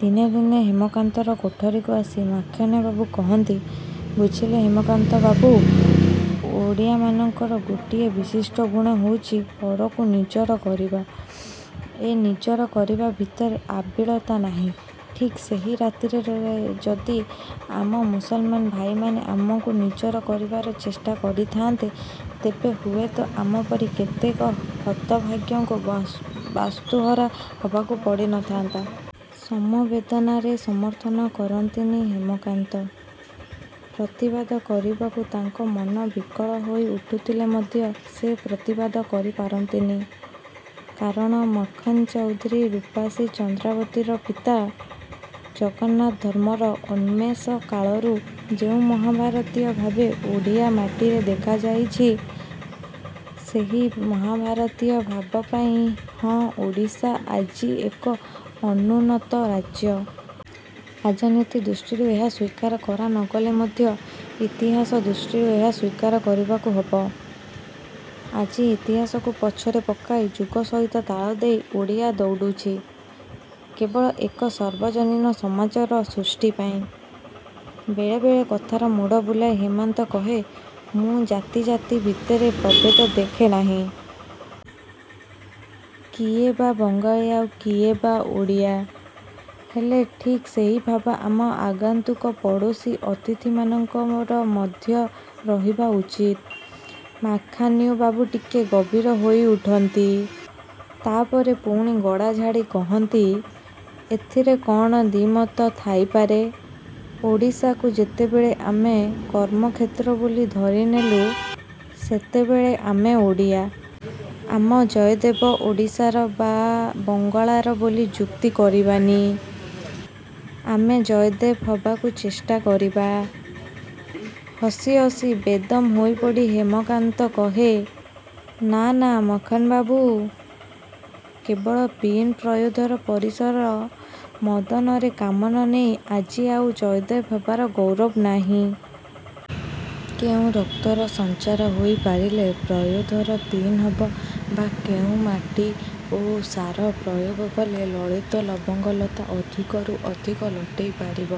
ଦିନେ ଦିନେ ହେମକାନ୍ତର କୋଠରୀକୁ ଆସି ମାଖନ୍ବାବୁ କହନ୍ତି ''ବୁଝିଲେ ହେମକାନ୍ତ ବାବୁ! ଓଡ଼ିଆମାନଙ୍କର ଗୋଟିଏ ବିଶିଷ୍ଟ ଗୁଣ ହେଉଛି ପରକୁ ନିଜର କରିବା। ଏ ନିଜର କରିବା ଭିତରେ ଆବିଳତା ନାହିଁ। ଠିକ୍ ସେହି ରୀତିରେ ଯଦି ଆମ ମୁସଲମାନ ଭାଇମାନେ ଆମକୁ ନିଜର କରିବାକୁ ଚେଷ୍ଟା କରିଥାଆନ୍ତେ ,ତେବେ ହୁଏତ ଆମ ପରି କେତେକ ହତଭାଗ୍ୟଙ୍କୁ ବାସ୍ତୁହରା ହେବାକୁ ପଡ଼ି ନ ଥାନ୍ତା। '' ସମବେଦନାରେ ସମର୍ଥନ କରନ୍ତି ହେମକାନ୍ତ। ପ୍ରତିବାଦ କରିବାକୁ ତାଙ୍କ ମନ ବିକଳ ହୋଇ ଉଠୁଥିଲେ ମଧ୍ୟ ସେ ପ୍ରତିବାଦ କରି ପାରନ୍ତିନି। କାରଣ, ମାଖନ୍ ଚୌଧୁରୀ ରୂପସୀ ଚନ୍ଦ୍ରାବତୀର ପିତା। ଜଗନ୍ନାଥ ଧର୍ମର ଉନ୍ମେଷ କାଳରୁ ଯେଉଁ ମହାଭାରତୀୟ ଭାବ ଓଡ଼ିଆ ମାଟିରେ ଦେଖାଦେଇଛି, ସେହି ମହାଭାରତୀୟ ଭାବପାଇଁ ହିଁ ଓଡ଼ିଶା ଆଜି ଏକ ଅନୁନ୍ନତ ରାଜ୍ୟ। ରାଜନୀତି ଦୃଷ୍ଟିରୁ ଏହା ସ୍ୱୀକାର କରା ନ ଗଲେ ମଧ୍ୟ ଇତିହାସ ଦୃଷ୍ଟିରୁ ଏହା ସ୍ୱୀକାର କରିବାକୁ ହେବ। ଆଜି ଇତିହାସକୁ ପଛରେ ପକାଇ ଯୁଗ ସହିତ ତାଳ ଦେଇ ଓଡ଼ିଆ ଦୌଡ଼ଛି, କେବଳ ଏକ ସାର୍ବଜନୀନ ସମାଜର ସୃଷ୍ଟି ପାଇଁ। ବେଳେ ବେଳେ କଥାର ମୋଡ଼ ବୁଲାଇ ହେମକାନ୍ତ କହେ''ମୁଁ ଜାତି ଜାତି ଭିତରେ ପ୍ରଭେଦ ଦେଖେ ନାହିଁ। କିଏ ବଙ୍ଗାଳୀ ଆଉ କିଏ ବା ଓଡ଼ିଆ? ହେଲେ ଠିକ୍ ସେହି ଭାବ ଆମ ଆଗନ୍ତୁକ ପଡ଼ୋଶୀ ଅତିଥିମାନଙ୍କର ମଧ୍ୟ ରହିବା ଉଚିତ। '' ମାଖନ୍ବାବୁ ଟିକେ ଗମ୍ଭୀର ହୋଇଉଠନ୍ତି। ତା'ପରେ ପୁଣି ଗଳା ଝାଡ଼ି କହନ୍ତି ''ଏଥିରେ କ'ଣ ଦ୍ୱିମତ ଥାଇପାରେ? ଓଡ଼ିଶାକୁ ଯେତେବେଳେ ଆମେ କର୍ମକ୍ଷେତ୍ର ବୋଲି ଧରିନେଲୁ, ସେତେବେଳେ ଆମେ ଓଡ଼ିଆ। ଆମ ଜୟଦେବ ଓଡ଼ିଶାର ବା ବଙ୍ଗଳାର ବୋଲି ଯୁକ୍ତି କରିବାନି, ଆମେ ଜୟଦେବ ହେବାକୁ ଚେଷ୍ଟା କରିବା। '' ହସି ହସି ବେଦମ୍ ହୋଇପଡ଼ି ହେମକାନ୍ତ କହେ ''ନାଁ ନାଁ ମାଖନ ବାବୁ। କେବଳ ପୀନ ପୟୋଧର ପରିସର ମର୍ଦନର କାମନ ନେଇ ଆଜି ଆଉ ଜୟଦେବ ହେବାରେ ଗୌରବ ନାହିଁ। କେଉଁ ରକ୍ତର ସଞ୍ଚାର ହୋଇ ପାରିଲେ ପୟୋଧର ପୀନ ହେବ ବା କେଉଁ ମାଟି ଓ ସାର ପ୍ରୟୋଗ କଲେ ଲଳିତ ଲବଙ୍ଗଲତା ଅଧିକରୁ ଅଧିକ ଲଟେଇ ପାରିବ,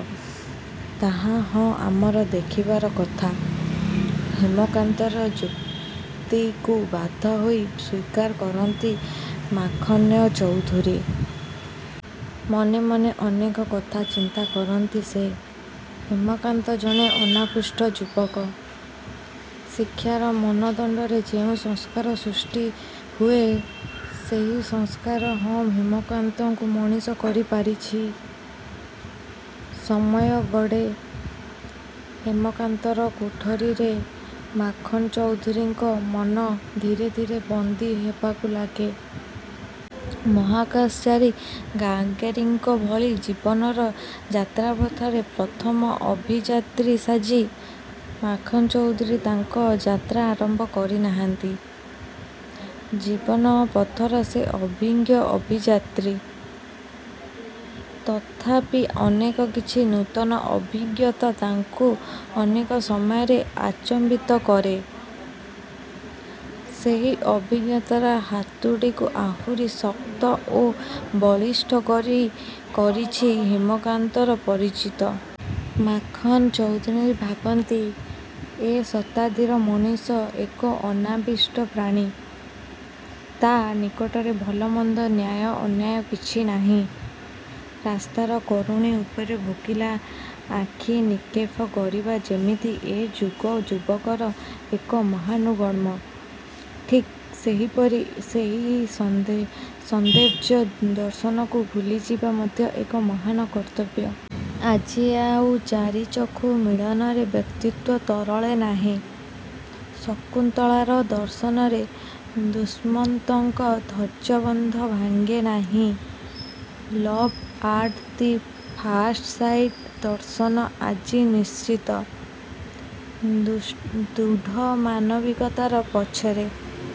ତାହା ହିଁ ଆମର ଦେଖିବାର କଥା। '' ହେମକାନ୍ତର ଯୁକ୍ତିକୁ ବାଧ୍ୟ ହୋଇ ସ୍ୱୀକାର କରନ୍ତି ମାଖନ୍ଚୌଧୁରୀ। ମନେ ମନେ ଅନେକ କଥା ଚିନ୍ତା କରନ୍ତି ସେ। ହେମକାନ୍ତ ଜଣେ ଅନାକୃଷ୍ଟ ଯୁବକ। ଶିକ୍ଷାର ମାନଦଣ୍ଡରେ ଯେଉଁ ସଂସ୍କାର ସୃଷ୍ଟି ହୁଏ, ସେହି ସଂସ୍କାର ହିଁ ହେମକାନ୍ତକୁ ମଣିଷ କରି ପାରିଛି। ସମୟ ଗଡ଼େ। ହେମକାନ୍ତର କୋଠରୀରେ ମାଖନ୍ ଚୌଧୁରୀଙ୍କ ମନ ଧୀରେ ଧୀରେ ବନ୍ଦୀ ହେବାକୁ ଲାଗେ। ମହାକାଶଚାରୀ ଗାଗାରିନ୍ଙ୍କ ଭଳି ଜୀବନର ଯାତ୍ରାପଥରେ ପ୍ରଥମ ଅଭିଯାତ୍ରୀ ସାଜି, ମାଖନ୍ଚୌଧୁରୀ ତାଙ୍କ ଯାତ୍ରା ଆରମ୍ଭ କରି ନାହାଁନ୍ତି। ଜୀବନ ପଥର ସେ ଅଭିଜ୍ଞ ଅଭିଯାତ୍ରୀ। ତଥାପି ଅନେକ କିଛି ନୂତନ ଅଭିଜ୍ଞତା ତାଙ୍କୁ ଅନେକ ସମୟରେ ଆଚମ୍ବିତ କରେ। ସେହି ଅଭିଜ୍ଞତାର ହାତୁଡ଼ିକୁ ଆହୁରି ଶକ୍ତ ଓ ବଳିଷ୍ଠ କରିଛି ହେମକାନ୍ତର ପରିଚିତି। ମାଖନ୍ ଚୌଧୁରୀ ଭାବନ୍ତି, ଏ ଶତାବ୍ଦୀର ମଣିଷ ଏକ ଅନାବିଷ୍ଟ ପ୍ରାଣୀ। ତା' ନିକଟରେ ଭଲ ମନ୍ଦ ନ୍ୟାୟ ଅନ୍ୟାୟ କିଛି ନାହିଁ। ରାସ୍ତାର କରୁଣୀ ଉପରେ ଭୋକିଲା ଆଖି ନିକ୍ଷେପ କରିବା ଯେମିତି ଏ ଯୁଗ ଯୁବକର ଏକ ମହାନ୍ଗୁଣ, ଠିକ୍ ସେହିପରି ସେହି ସୌନ୍ଦର୍ଯ୍ୟ ଦର୍ଶନକୁ ଭୁଲିଯିବା ମଧ୍ୟ ଏକ ମହାନ କର୍ତ୍ତବ୍ୟ। ଆଜି ଆଉ ଚାରିଚକ୍ଷୁ ମିଳନରେ ବ୍ୟକ୍ତିତ୍ୱ ତରଳେ ନାହିଁ। ଶକୁନ୍ତଳାର ଦର୍ଶନରେ ଦୁଷ୍ମନ୍ତଙ୍କ ଧୈର୍ଯ୍ୟବନ୍ଧ ଭାଙ୍ଗେ ନାହିଁ। ଲଭ୍ ଆଟ୍ ଦି ଫାଷ୍ଟ୍ ସାଇଟ୍ର ଦର୍ଶନ ଆଜି ଅନିଶ୍ଚିତ। ଦୃଢ଼ ମାନବିକତାର ପଛରେ।